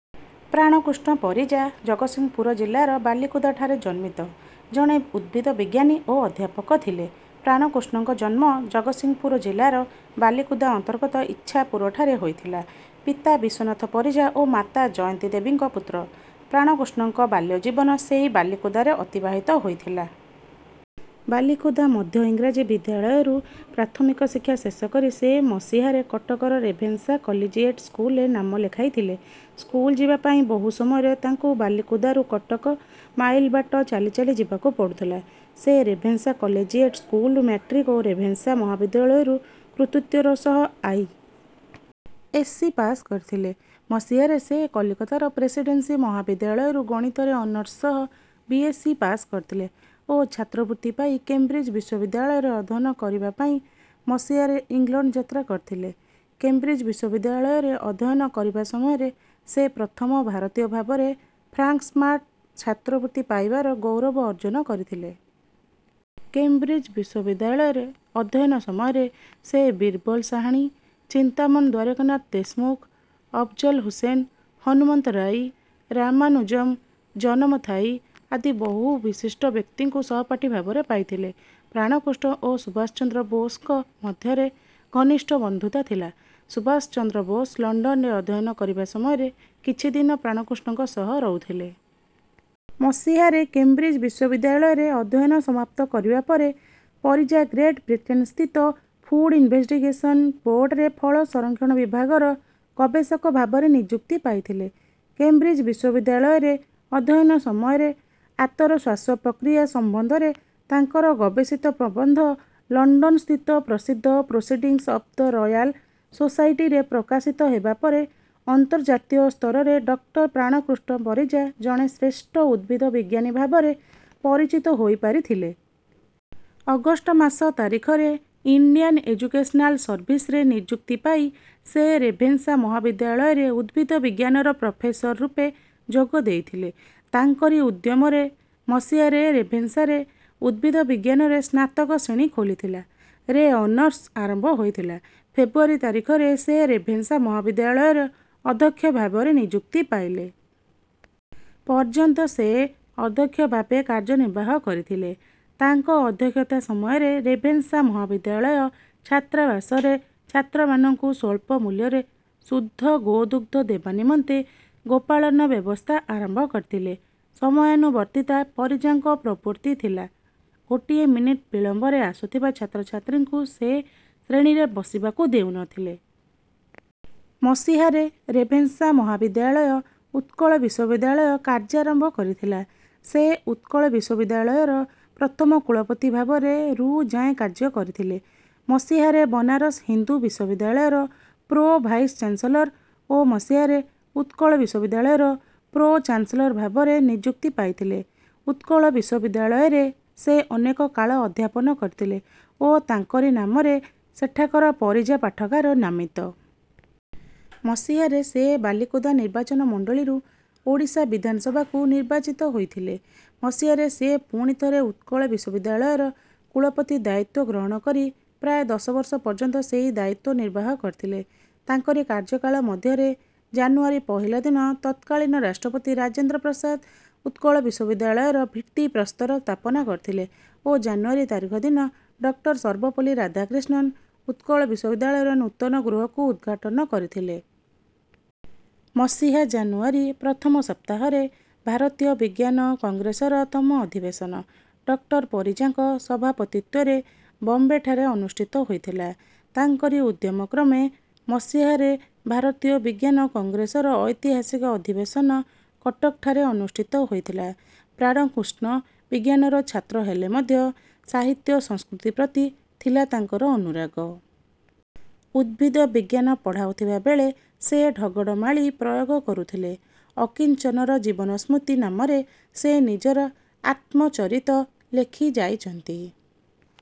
ପ୍ରାଣକୃଷ୍ଣ ପରିଜା ଜଗତସିଂହପୁର ଜିଲ୍ଲାର ବାଲିକୁଦାଠାରେ ଜନ୍ମିତ ଜଣେ ଉଦ୍ଭିଦ ବିଜ୍ଞାନି ଓ ଅଧ୍ୟାପକ ଥିଲେ। ପ୍ରାଣକୃଷ୍ଣଙ୍କ ଜନ୍ମ ଜଗତସିଂହପୁର ଜିଲ୍ଲାର, ବାଲିକୁଦା ଅନ୍ତର୍ଗତ ଇଚ୍ଛାପୁରଠାରେ ହୋଇଥିଲା। ପିତା ବିଶ୍ୱନାଥ ପରିଜା ଓ ମାତା ଜୟନ୍ତୀ ଦେବୀଙ୍କ ପୁତ୍ର, ପ୍ରାଣକୃଷ୍ଣଙ୍କ ବାଲ୍ୟଜୀବନ ସେହି ବାଲିକୁଦାରେ ଅତିବାହିତ ହୋଇଥିଲା। ବାଲିକୁଦା ମଧ୍ୟଇଂରାଜୀ ବିଦ୍ୟାଳୟରୁ ପ୍ରାଥମିକ ଶିକ୍ଷା ଶେଷକରି, ସେ ମସିହାରେ କଟକ ର ରେଭେନ୍ସା କଲିଜିଏଟ ସ୍କୁଲ ରେ ନାମ ଲେଖାଇଥିଲେ। ସ୍କୁଲ ଯିବା ପାଇଁ, ବହୁ ସମୟରେ ତାଙ୍କୁ ବାଲିକୁଦାରୁ କଟକ, ମାଇଲ ବାଟ, ଚାଲି ଚାଲି ଯିବାକୁ ପଡୁଥିଲା। ସେ ରେଭେନ୍ସା କଲିଜିଏଟ ସ୍କୁଲରୁ ମାଟ୍ରିକ ଓ ରେଭେନ୍ସା ମହାବିଦ୍ୟାଳୟ ରୁ କୃତିତ୍ୱର ସହ ଆଇ. ଏସ୍. ସି. ପାସକରିଥିଲେ। ମସିହାରେ ସେ କଲିକତାର ପ୍ରେସିଡେନ୍ସି ମହାବିଦ୍ୟାଳୟରୁ ଗଣିତ ରେ ଅନର୍ସ ସହ ବି. ଏସ୍. ସି. ପାସ କରିଥିଲେ ଓ ଛାତ୍ରବୃତ୍ତି ପାଇ କେମ୍ବ୍ରିଜ ବିଶ୍ୱବିଦ୍ୟାଳୟ ରେ ଅଧ୍ୟୟନ କରିବା ପାଇଁ ମସିହାରେ ଇଂଲଣ୍ଡ ଯାତ୍ରା କରିଥିଲେ। କେମ୍ବ୍ରିଜ ବିଶ୍ୱବିଦ୍ୟାଳୟରେ ଅଧ୍ୟୟନ କରିବା ସମୟରେ, ସେ ପ୍ରଥମ ଭାରତୀୟ ଭାବରେ ଫ୍ରାଙ୍କସ୍ମାର୍ଟ ଛାତ୍ରବୃତ୍ତି ପାଇବାର ଗୌରବ ଅର୍ଜ୍ଜନ କରିଥିଲେ। କେମ୍ବ୍ରିଜ ବିଶ୍ୱବିଦ୍ୟାଳୟରେ ଅଧ୍ୟୟନ ସମୟରେ, ସେ ବୀରବଲ ସାହାଣୀ, ଚିନ୍ତାମନ ଦ୍ୱାରକାନାଥ ଦେଶମୁଖ, ଅଫଜଲ ହୁସେନ, ହନୁମନ୍ତରାଇ, ରାମାନୁଜମ, ଜନ ମଥାଇ ଆଦି ବହୁ ବିଶିଷ୍ଟ ବ୍ୟକ୍ତିଙ୍କୁ ସହପାଠୀଭାବରେ ପାଇଥିଲେ। ପ୍ରାଣକୃଷ୍ଣ ଓ ସୁଭାଷ ଚନ୍ଦ୍ର ବୋଷଙ୍କ ମଧ୍ୟରେ ଘନିଷ୍ଟ ବନ୍ଧୁତା ଥିଲା। ସୁଭାଷ ଚନ୍ଦ୍ର ବୋଷ ଲଣ୍ଡନରେ ଅଧ୍ୟୟନ କରିବା ସମୟରେ, କିଛି ଦିନ, ପ୍ରାଣକୃଷ୍ଣଙ୍କ ସହ ରହୁଥିଲେ। ମସିହାରେ, କେମ୍ବ୍ରିଜ ବିଶ୍ୱବିଦ୍ୟାଳୟରେ ଅଧ୍ୟୟନ ସମାପ୍ତ କରିବା ପରେ, ପରିଜା ଗ୍ରେଟବ୍ରିଟେନସ୍ଥିତ ଫୁଡ ଇନଭେଷ୍ଟିଗେସନ ବୋର୍ଡ଼ରେ ଫଳ ସଂରକ୍ଷଣ ବିଭାଗର ଗବେଷକ ଭାବରେ ନିଯୁକ୍ତି ପାଇଥିଲେ। କେମ୍ବ୍ରିଜ ବିଶ୍ୱବିଦ୍ୟାଳୟରେ ଅଧ୍ୟୟନ ସମୟରେ ଆତର ଶ୍ୱାସପ୍ରକ୍ରିୟା ସମ୍ବନ୍ଧରେ ତାଙ୍କର ଗବେଷିତ ପ୍ରବନ୍ଧ, ଲଣ୍ଡନସ୍ଥିତ ପ୍ରସିଦ୍ଧ Proceedings of the Royal Society ରେ ପ୍ରକାଶିତ ହେବା ପରେ, ଅନ୍ତର୍ଜାତୀୟ ସ୍ତରରେ ଡଃ ପ୍ରାଣକୃଷ୍ଣ ପରିଜା ଜଣେ ଶ୍ରେଷ୍ଠ ଉଦ୍ଭୀଦ ବିଜ୍ଞାନୀ ଭାବରେ ପରିଚିତ ହୋଇପାରିଥିଲେ। ଅଗଷ୍ଟ ମାସ ତାରିଖରେ, ଇଣ୍ଡିଆନ ଏଜୁକେସନାଲ ସର୍ଭିସରେ ନିଯୁକ୍ତି ପାଇ, ସେ ରେଭେନ୍ସା ମହାବିଦ୍ୟାଳୟରେ ଉଦ୍ଭିଦ ବିଜ୍ଞାନର ପ୍ରଫେସର ରୂପେ ଯୋଗ ଦେଇଥିଲେ। ତାଙ୍କରି ଉଦ୍ୟମରେ ମସିହାରେ ରେଭେନ୍ସାରେ ଉଦ୍ଭିଦ ବିଜ୍ଞାନରେ ସ୍ନାତକ ଶ୍ରେଣୀ ଖୋଲିଥିଲା। ରେ ଅନର୍ସ ଆରମ୍ଭ ହୋଇଥିଲା। ଫେବୃୟାରୀ ତାରିଖରେ, ସେ ରେଭେନ୍ସା ମହାବିଦ୍ୟାଳୟର ଅଧ୍ୟକ୍ଷ ଭାବରେ ନିଯୁକ୍ତି ପାଇଲେ। ପର୍ଯ୍ୟନ୍ତ ସେ ଅଧ୍ୟକ୍ଷ ଭାବେ କାର୍ଯ୍ୟନିର୍ବାହ କରିଥିଲେ। ତାଙ୍କ ଅଧ୍ୟକ୍ଷତା ସମୟରେ ରେଭେନ୍ସା ମହାବିଦ୍ୟାଳୟ ଛାତ୍ରାବାସରେ ଛାତ୍ରମାନଙ୍କୁ ସ୍ୱଳ୍ପମୂଲ୍ୟରେ ଶୁଦ୍ଧ ଗୋଦୁଗ୍ଧ ଦେବା ନିମନ୍ତେ ଗୋପାଳନ ବ୍ୟବସ୍ଥା ଆରମ୍ଭ କରିଥିଲେ। ସମୟାନୁବର୍ତ୍ତିତା ପରିଜାଙ୍କ ପ୍ରବୃତ୍ତି ଥିଲା। ଗୋଟିଏ ମିନିଟ ବିଳମ୍ବରେ ଆସୁଥିବା ଛାତ୍ରଛାତ୍ରୀଙ୍କୁ ସେ ଶ୍ରେଣୀରେ ବସିବାକୁ ଦେଉନଥିଲେ। ମସିହାରେ ରେଭେନ୍ସା ମହାବିଦ୍ୟାଳୟ ଉତ୍କଳ ବିଶ୍ୱବିଦ୍ୟାଳୟ କାର୍ଯ୍ୟାରମ୍ଭ କରିଥିଲା। ସେ ଉତ୍କଳ ବିଶ୍ୱବିଦ୍ୟାଳୟର ପ୍ରଥମ କୂଳପତି ଭାବରେ ରୁ ଯାଏଁ କାର୍ଯ୍ୟ କରିଥିଲେ। ମସିହାରେ ବନାରସ ହିନ୍ଦୁ ବିଶ୍ୱବିଦ୍ୟାଳୟର ପ୍ରୋ-ଭାଇସଚାନ୍ସଲର ଓ ମସିହାରେ ଉତ୍କଳ ବିଶ୍ୱବିଦ୍ୟାଳୟର ପ୍ରୋ-ଚାନ୍ସଲର ଭାବରେ ନିଯୁକ୍ତି ପାଇଥିଲେ। ଉତ୍କଳ ବିଶ୍ୱବିଦ୍ୟାଳୟରେ ସେ, ଅନେକ କାଳ ଅଧ୍ୟାପନ କରିଥିଲେ ଓ ତାଙ୍କରି ନାମରେ ସେଠାକାର ପରିଜା ପାଠାଗାର ନାମିତ। ମସିହାରେ, ସେ ବାଲିକୁଦା ନିର୍ବାଚନ ମଣ୍ଡଳୀରୁ ଓଡ଼ିଶା ବିଧାନ ସଭାକୁ ନିର୍ବାଚିତ ହୋଇଥିଲେ। ମସିହାରେ ସେ ପୁଣି ଥରେ, ଉତ୍କଳ ବିଶ୍ୱବିଦ୍ୟାଳୟର କୂଳପତି ଦାୟିତ୍ୱ ଗ୍ରହଣ କରି, ପ୍ରାୟ ଦଶବର୍ଷ ପର୍ଯ୍ୟନ୍ତ ସେହି ଦାୟିତ୍ୱ ନିର୍ବାହ କରିଥିଲେ। ତାଙ୍କରି କାର୍ଯ୍ୟକାଳ ମଧ୍ୟରେ, ଜାନୁୟାରୀ ପହିଲା ଦିନ ତତ୍କାଳୀନ ରାଷ୍ଟ୍ରପତି ରାଜେନ୍ଦ୍ର ପ୍ରସାଦ, ଉତ୍କଳ ବିଶ୍ୱବିଦ୍ୟାଳୟର ଭିତ୍ତିପ୍ରସ୍ତର ସ୍ଥାପନ କରିଥିଲେ ଓ ଜାନୁୟାରୀ ତାରିଖ ଦିନ, ଡଃ ସର୍ବପଲ୍ଲୀ ରାଧାକ୍ରିଷ୍ଣନ, ଉତ୍କଳ ବିଶ୍ୱବିଦ୍ୟାଳୟର ନୂତନ ଗୃହକୁ ଉଦଘାଟନ କରିଥିଲେ। ମସିହା ଜାନୁୟାରୀ ପ୍ରଥମ ସପ୍ତାହରେ ଭାରତୀୟ ବିଜ୍ଞାନ କଂଗ୍ରେସର ତମ ଅଧିବେଶନ, ଡଃ ପରିଜାଙ୍କ ସଭାପତିତ୍ୱରେ ବମ୍ବେଠାରେ ଅନୁଷ୍ଠିତ ହୋଇଥିଲା। ତାଙ୍କରି ଉଦ୍ୟମକ୍ରମେ ମସିହାରେ ଭାରତୀୟ ବିଜ୍ଞାନ କଂଗ୍ରେସର ଐତିହାସିକ ଅଧିବେଶନ କଟକଠାରେ ଅନୁଷ୍ଠିତ ହୋଇଥିଲା। ପ୍ରାଣକୃଷ୍ଣ ବିଜ୍ଞାନର ଛାତ୍ର ହେଲେ ମଧ୍ୟ, ସାହିତ୍ୟ, ସଂସ୍କୃତି ପ୍ରତି ଥିଲା ତାଙ୍କର ଅନୁରାଗ। ଉଦ୍ଭିଦ ବିଜ୍ଞାନ ପଢାଉଥିବାବେଳେ, ସେ ଢଗ ଢମାଳି ପ୍ରୟୋଗ କରୁଥିଲେ। "ଅକିଞ୍ଚନର ଜୀବନ ସ୍ମୃତି" ନାମରେ ସେ ନିଜର ଆତ୍ମ-ଚରିତ ଲେଖିଯାଇଛନ୍ତି।।